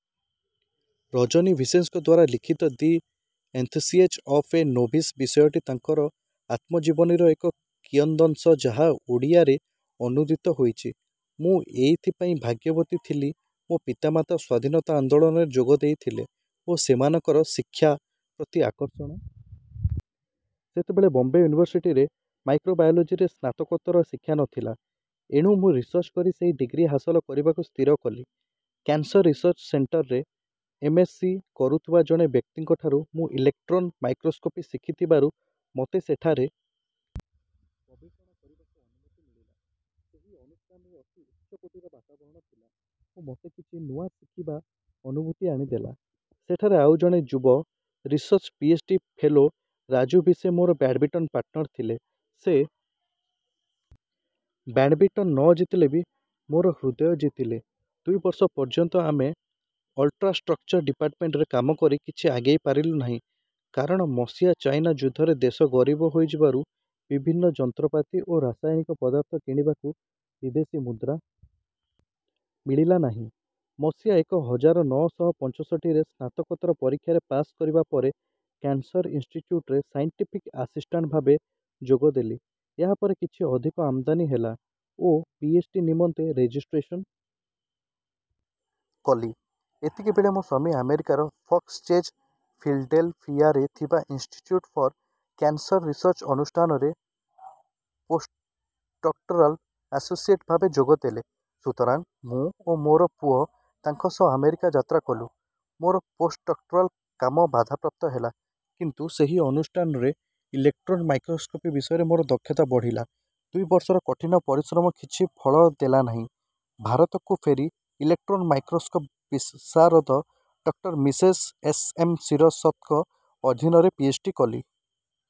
ରଜନୀ ଭିସେଙ୍କଦ୍ୱାରା ଲିଖିତ the enthusiasm of a novice ବିଷୟଟି ତାଙ୍କର ଆତ୍ମଜୀବନୀର ଏକ କିୟଦଂଶ ଯାହା ଓଡ଼ିଆରେ ଅନୁଦିତ ହୋଇଛି ମୁଁ ଏଇଥି ପାଇଁ ଭାଗ୍ୟବତୀ ଥିଲି ମୋ ପିତାମାତା ସ୍ୱାଧୀନତା ଆନ୍ଦୋଳନରେ ଯୋଗ ଦେଇଥିଲେ ଓ ସେମାନଙ୍କର ଶିକ୍ଷା ପ୍ରତି ଆକର୍ଷଣ ସେତେବେଳେ ବମ୍ବେ ୟୁନିଭରସିଟିରେ ମାଇକ୍ରୋବାୟୋଲୋଜୀରେ ସ୍ନାତକୋତ୍ତର ଶିକ୍ଷା ନ ଥିଲା ଏଣୁ ମୁଁ ରିସର୍ଚ୍ଚ କରି ସେହି ଡିଗ୍ରୀ ହାସଲ କରିବାକୁ ସ୍ଥିର କଲି କ୍ୟାନସର ରିସର୍ଚ୍ଚ ସେଣ୍ଟରରେ ଏମ ଏସ ସି କରୁଥିବା ଜଣେ ବ୍ୟକ୍ତିଙ୍କଠାରୁ ମୁଁ ଇଲେକଟ୍ରନ ମାଇକ୍ରୋସ୍କୋପି ଶିଖିଥିବାରୁ ମୋତେ ସେଠାରେ ଗବେଷଣା କରିବାକୁ ଅନୁମତି ମିଳିଲା ସେହି ଅନୁଷ୍ଠାନରେ ଅତି ଉଚ୍ଚକୋଟୀର ବାତାବରଣ ଥିଲା ଓ ମୋତେ କିଛି ନୂଆ ଶିଖିବା ଅନୁଭୂତି ଆଣିଦେଲା ସେଠାରେ ଆଉ ଜଣେ ଯୁବ research P H D fellow Raju Bhise ମୋର ବ୍ୟାଡମିଣ୍ଟନ ପାର୍ଟନର ଥିଲେ ସେ ବ୍ୟାଡମିଣ୍ଟନ ନ ଜିତିଳେବି ମୋର ହୃଦୟ ଜିତିଲେ ଦୁଇ ବର୍ଷ ପର୍ଯ୍ୟନ୍ତ ଆମେ ଅଲ୍ଟ୍ରାଷ୍ଟ୍ରକଚର ଡିପାର୍ଟମେଣ୍ଟରେ କାମ କରି କିଛି ଆଗେଇ ପାରିଲୁ ନାହିଁ କାରଣ ମସିହା ଚାଇନା ଯୁଦ୍ଧରେ ଦେଶ ଗରିବ ହୋଇଯିବାରୁ ବିଭିନ୍ନ ଯନ୍ତ୍ରପାତି ଓ ରାସାୟନିକ ପଦାର୍ଥ କିଣିବାକୁ ବିଦେଶୀ ମୁଦ୍ରା ମିଳିଲା ନାହିଁ ମସିହା ଏକ ହଜାର ନଅ ଶହ ପଞ୍ଚଷଠି ରେ ସ୍ନାତକୋତ୍ତର ପରୀକ୍ଷାରେ ପାସ କରିବା ପରେ କ୍ୟାନସର ଇନଷ୍ଟିଚ୍ୟୁଟରେ ସାଇଣ୍ଟିଫିକ ଆସିଷ୍ଟାଣ୍ଟ ଭାବେ ଯୋଗ ଦେଲି। ଏହା ପରେ କିଛି ଅଧିକ ଆମଦାନୀ ହେଲା ଓ ପି ଏଚ ଡି ନିମନ୍ତେ ରେଜିଷ୍ଟ୍ରେଶନ କଲି ଏତିକି ବେଳେ ମୋ ସ୍ୱାମୀ ଆମେରିକାର ଫକ୍ସ ଚେଜ ଫିଲାଡେଲଫିଆରେ ଥିବା ଇନଷ୍ଟିଚ୍ୟୁଟ ଫର କ୍ୟାନସର ରିସର୍ଚ୍ଚ ଅନୁଷ୍ଠାନରେ ପୋସ୍ଟଡକ୍ଟରାଲ ଆସୋସିଏଟ ଭାବେ ଯୋଗ ଦେଲେ। ସୁତରାଂ ମୁଁ ଓ ମୋର ପୁଅ ତାଙ୍କ ସହ ଆମେରିକା ଯାତ୍ରା କଲୁ ମୋର ପୋସ୍ଟଡକ୍ଟରାଲ କାମ ବାଧା ପ୍ରାପ୍ତ ହେଲା। କିନ୍ତୁ ସେହି ଅନୁଷ୍ଠାନରେ ଇଲେକଟ୍ରନ ମାଇକ୍ରୋସ୍କୋପି ବିଷୟରେ ମୋର ଦକ୍ଷତା ବଢିଲା ଦୁଇ ବର୍ଷର କଠିନ ପରିଶ୍ରମ କିଛି ଫଳ ଦେଲା ନାହିଁ। ଭାରତକୁ ଫେରି ଇଲେକଟ୍ରନ ମାଇକ୍ରୋସ୍କୋପ ବିଶାରଦ ଡଃ ମିସେସ ଏସ ଏମ ଶିରସତଙ୍କ ଅଧୀନରେ ପି ଏଚ ଡି କଲି।